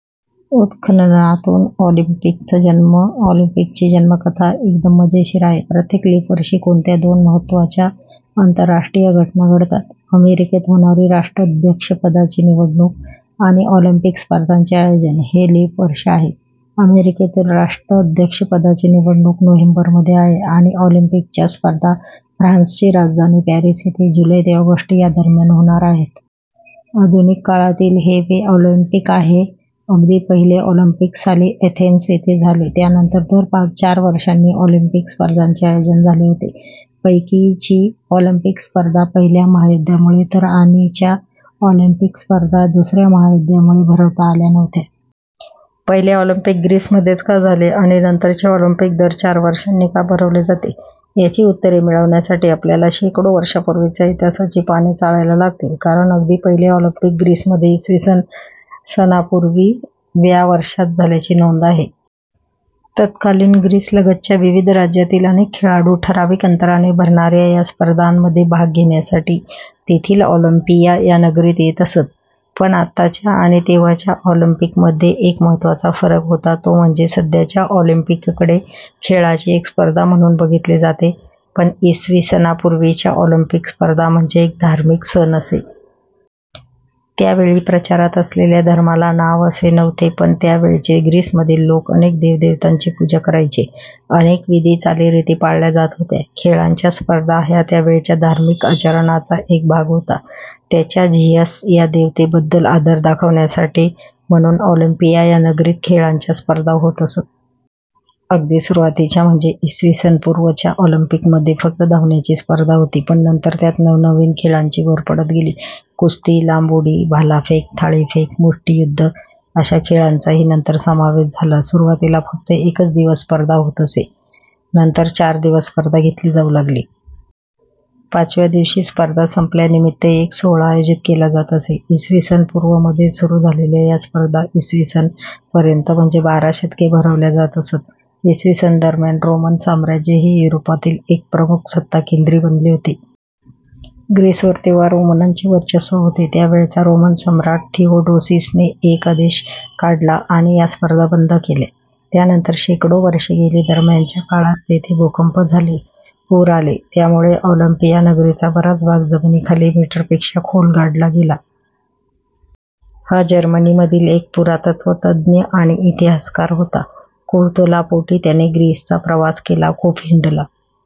उत्खननातून ऑलिम्पिकचा जन्म ऑलिम्पिकची जन्मकथा एकदम मजेशीर आहे. प्रत्येक लीप वर्षी कोणत्या दोन महत्त्वाच्या आंतरराष्ट्रीय घटना घडतात? -अमेरिकेत होणारी राष्ट्राध्यक्षपदाची निवडणूक आणि ऑलिम्पिक स्पर्धांचे आयोजन! हे लीप वर्ष आहे. अमेरिकेतील राष्ट्राध्यक्षपदाची निवडणूक नोव्हेंबरमध्ये आहे, आणि ऑलिम्पिकच्या स्पर्धा फ्रान्सची राजधानी पॅरिस येथे जुलै ते ऑगस्ट या दरम्यान होणार आहेत. आधुनिक काळातील हे वे ऑलिम्पिक आहे. अगदी पहिले ऑलिम्पिक साली अथेन्स येथे झाले. त्यानंतर दर चार वर्षांनी ऑलिम्पिक स्पर्धांचे आयोजन झाले होते. पैकी ची ऑलिम्पिक स्पर्धा पहिल्या महायुद्धामुळे, तर आणि च्या ऑलिम्पिक स्पर्धा दुसऱ्या महायुद्धामुळे भरवता आल्या नव्हत्या. पहिले ऑलिम्पिक ग्रीसमध्येच का झाले? आणि नंतरचे ऑलिम्पिक दर चार वर्षांनी का भरवले जाते? यांची उत्तरे मिळवण्यासाठी आपल्याला शेकडो वर्षांपूर्वीच्या इतिहासाची पाने चाळायला लागतील. कारण अगदी पहिले ऑलिम्पिक ग्रीसमध्ये इसवी सनापूर्वी व्या वर्षांत झाल्याची नोंद आहे. तत्कालीन ग्रीसलगतच्या विविध राज्यांतील अनेक खेळाडू, ठरावीक अंतराने भरणाऱ्या या स्पर्धांमध्ये भाग घेण्यासाठी तेथील ऑलिम्पिया या नगरीत येत असत. पण आताच्या आणि तेव्हाच्या ऑलिम्पिकमध्ये एक महत्त्वाचा फरक होता, तो म्हणजे सध्याच्या ऑलिम्पिककडे खेळांची एक स्पर्धा म्हणून बघितले जाते, पण इसवी सनापूर्वीच्या ऑलिम्पिक स्पर्धा म्हणजे एक धार्मिक सण असे. त्यावेळी प्रचारात असलेल्या धर्माला नाव असे नव्हते, पण त्यावेळचे ग्रीसमधील लोक अनेक देवदेवतांची पूजा करायचे. अनेक विधी, चालीरीती पाळल्या जात होत्या. खेळांच्या स्पर्धा हा त्यावेळच्या धार्मिक आचरणाचा एक भाग होता. त्यांच्या झीयस या देवतेबद्दल आदर दाखवण्यासाठी म्हणून ऑलिम्पिया या नगरीत खेळांच्या स्पर्धा होत असत. अगदी सुरुवातीच्या म्हणजे इसवी सनपूर्व च्या ऑलिम्पिकमध्ये फक्त धावण्याची स्पर्धा होती. पण नंतर त्यात नवनवीन खेळांची भर पडत गेली. कुस्ती, लांब उडी, भालाफेक, थाळीफेक, मुष्टियुद्ध अशा खेळांचाही नंतर समावेश झाला. सुरुवातीला फक्त एकच दिवस स्पर्धा होत असे, नंतर चार दिवस स्पर्धा घेतली जाऊ लागली. पाचव्या दिवशी स्पर्धा संपल्यानिमित्त एक सोहळा आयोजित केला जात असे. इसवी सन पूर्व मध्ये सुरू झालेल्या या स्पर्धा इसवी सन पर्यंत म्हणजे बारा शतके भरवल्या जात असत. इसवी सन दरम्यान रोमन साम्राज्य हे युरोपातील एक प्रमुख सत्ताकेंद्र बनले होते. ग्रीसवर तेव्हा रोमनांचे वर्चस्व होते. त्यावेळचा रोमन सम्राट थिओडोसीसने एक आदेश काढला आणि या स्पर्धा बंद केल्या. त्यानंतर शेकडो वर्षे गेली. दरम्यानच्या काळात तेथे भूकंप झाले. पूर आले. त्यामुळे ऑलिम्पिया नगरीचा बराच भाग जमिनीखाली मीटरपेक्षा खोल गाडला गेला. हा जर्मनीमधील एक पुरातत्त्व तज्ज्ञ आणि इतिहासकार होता. कुतूहलापोटी त्याने ग्रीसचा प्रवास केला. खूप हिंडला